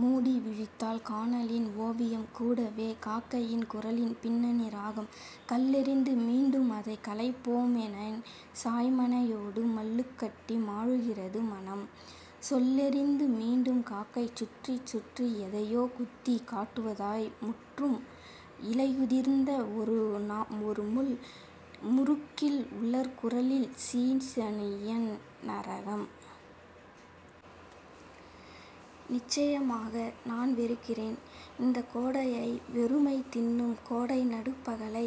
மூடி விழித்தால் கானலின் ஒவியம் கூடவே காக்கையின் குரலின் பின்னணி ராகம். கல்லெறிந்து மீண்டும் அதைக் கலைப் போமெனின் சாய்மனையோடு மல்லுக்கட்டி மாழுகிறது மனம். சொல்லெறிந்து மீண்டும் காக்கை சுற்றிச் சுற்றி எதையோ குத்திக் காட்டுவதாய் முற்றும் இலையுதிர்ந்த வொரு முள் முருக்கில் உலர் குரலில் சீ சனியன் நரகம். நிச்சயமாக நான் வெறுக்கிறேன். இந்தக் கோடையை வெறுமை தின்னும் கோடை நடுப்பகலை.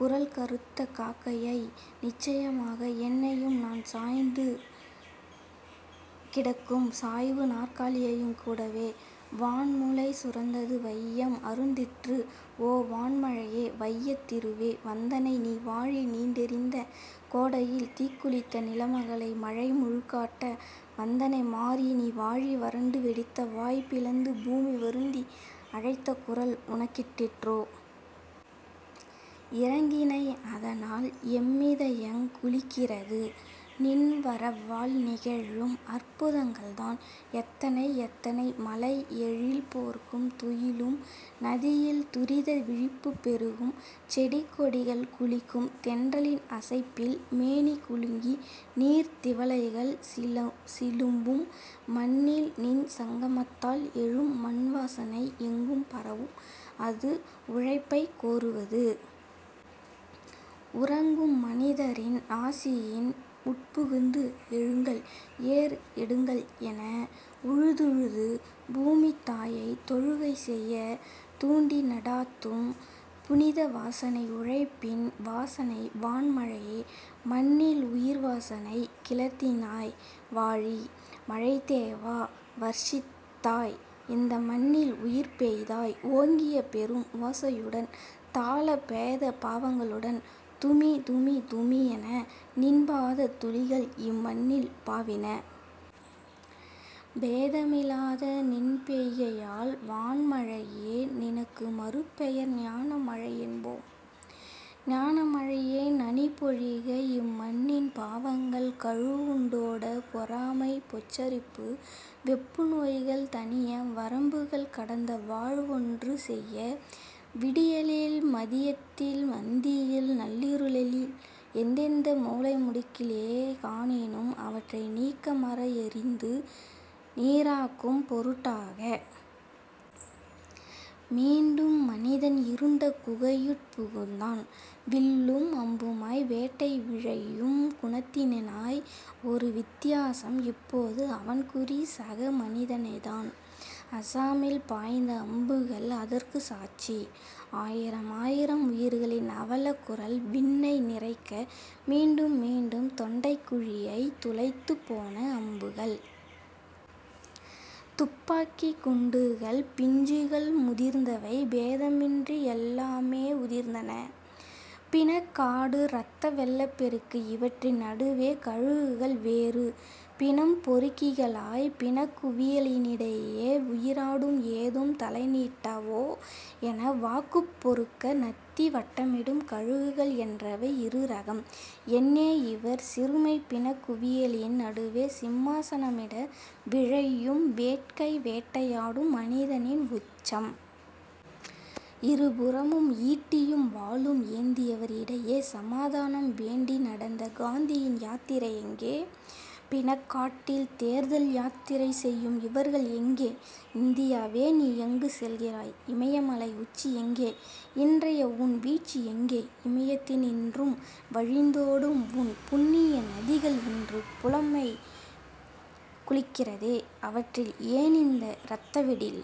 குரல் கறுத்த காக்கையை. நிச்சயமாக என்னையும் நான் சாய்ந்து கிடக்கும் சாய்வு நாற்காலியையுங்கூடவே. வான் முலை சுரந்தது வையம் அருந்திற்று ஓ வான் மழையே வையத் திருவே வந்தனை நீ வாழி நீண்டெரிந்த கோடையில் தீக்குளித்த நிலமகளை மழை முழுக்காட்ட வந்தனை மாரி நீ வாழி வரண்டு வெடித்த வாய் பிளந்து பூமி வருந்தி அழைத்த குரல் உனக் கெட்டிற்றோ? இரங்கினை அதனால் எம்மிதயங் குளிக்கிறது. நின் வரவால் நிகழும் அற்புதங்கள்தான் எத்தனை எத்தனை மலை எழில் போர்க்கும் துயிலும் நதியில் துரித விழிப்புப் பெருகும் செடிகொடிகள் குளிக்கும் தென்றலின் அசைப்பில் மேனிகுலுங்கி நீர்த் திவலைகள் சிலும்பும். மண்ணில் நின் சங்கமத்தால் எழும் மண்வாசனை எங்கும் பரவும் அது உழைப்பைக் கோருவது. உறங்கும் மனிதரின் நாசியின் உட்புகுந்து எழுங்கள் ஏர் எடுங்கள்என உழுதுழுது பூமித்தாயை தொழுகை செய தூண்டி நடாத்தும் புனிதவாசனை உழைப்பின் வாசனை வான் மழையே மண்ணில் உயிர் வாசனை கிளர்த்தினாய் வாழி. மழைத்தேவா வர்ஷித்தாய் இந்த மண்ணில் உயிர் பெய்தாய் ஓங்கிய பெரும் ஓசையுடன் தாள பேத பாவங்களுடன் துமிதுமி துமி என நின் பாத துளிகள் இம் மண்ணில் பாவின. பேதமிலாத நின் பெய்கையால் வான் மழையே நினக்கு மறுபெயர் ஞான மழை என்போம். ஞான மழையே நனி பொழிக இம்மண்ணின் பாவங்கள் கழுவுண்டோட பொறாமை பொச்சரிப்பு வெப்பு நோய்கள் தணிய வரம்புகள் கடந்த வாழ் வொன்று செய்ய. விடியலில் மதியத்தில் அந்தியில் நள்ளிருளில் எந்தெந்த மூலை முடக்கிலே காணினும் அவற்றை நீக்கமற எரிந்து நீறாக்கும் பொருட்டாக. மீண்டும் மனிதன் இருண்ட குகையுட் புகுந்தான் வில்லும் அம்புமாய் வேட்டை விழையும் குணத்தினனாய். ஒரு வித்தியாசம் இப்போது அவன்குறி சக மனிதனேதான். அஸ்ஸாமில் பாய்ந்த அம்புகள் அதற்குச் சாட்சி. ஆயிரம் ஆயிரம் உயிர்களின் அவலக்குரல் விண்ணை நிறைக்க மீண்டும் மீண்டும் தொண்டைக் குழியைத் துளைத்துப் போன அம்புகள். துப்பாக்கிக் குண்டுகள் பிஞ்சுகள் முதிர்ந்தவை பேதமின்றி எல்லாமே உதிர்ந்தன. பிணக் காடு இரத்த வெள்ளப் பெருக்கு இவற்றின் நடுவே கழுகுகள் வேறு. பிணம் பொறுக்கிகளாய் பிணக்குவியலினிடையே உயிராடும் ஏதும் தலைநீட்டாவோ என வாக்குப் பொறுக்க நத்தி வட்டமிடும் கழுகுகள் என்றவை இருரகம். என்னே இவர் சிறுமை பிணக் குவியலின் நடுவே சிம்மாசனமிட விழையும் வேட்கை வேட்டையாடும் மனிதனின் உச்சம். இருபுறமும் ஈட்டியும் வாளும் ஏந்தியவர் இடையே சமாதானம் வேண்டி நடந்த காந்தியின் யாத்திரை எங்கே? பிணக்காட்டில் தேர்தல் யாத்திரை செய்யும் இவர்கள் எங்கே? இந்தியாவே நீ எங்கு செல்கிறாய்? இமயமலை உச்சி எங்கே? இன்றைய உன் வீழ்ச்சி எங்கே? இமயத்தினின்றும் வழிந்தோடும் உன் புண்ணியநதிகள் இன்று புலைமை குளிக்கிறதே அவற்றில் ஏனிந்த இரத்தவெடில்?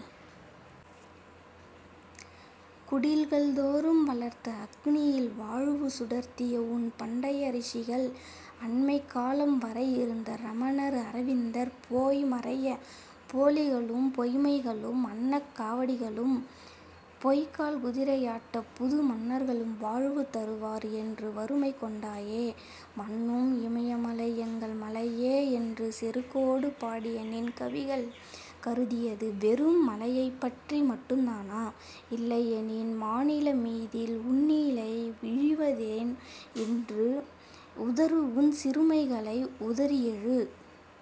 குடில்கள் தோறும் வளர்த்த அக்னியில் வாழ்வு சுடர்த்திய உன் பண்டையரிஷிகள் அண்மைக் காலம் வரை இருந்த ரமணர் அரவிந்தர் போய் மறைய போலிகளும் பொய்மைகளும் அன்னக் காவடிகளும் பொய்க்கால் குதிரையாட்டப் புது மன்னர்களும் வாழ்வு தருவார் என்று வறுமை கொண்டாயே. மன்னும் இமயமலை எங்கள் மலையே என்று செருக்கோடு பாடிய நின் கவிகள் கருதியது வெறும் மலையைப்பற்றி மட்டுந்தானா? இல்லை யெனின் மாநிலமீதில் உன்னிலை இழிவதேன் இன்று? உதறு உன்சிறுமைகளை உதறிஎழு.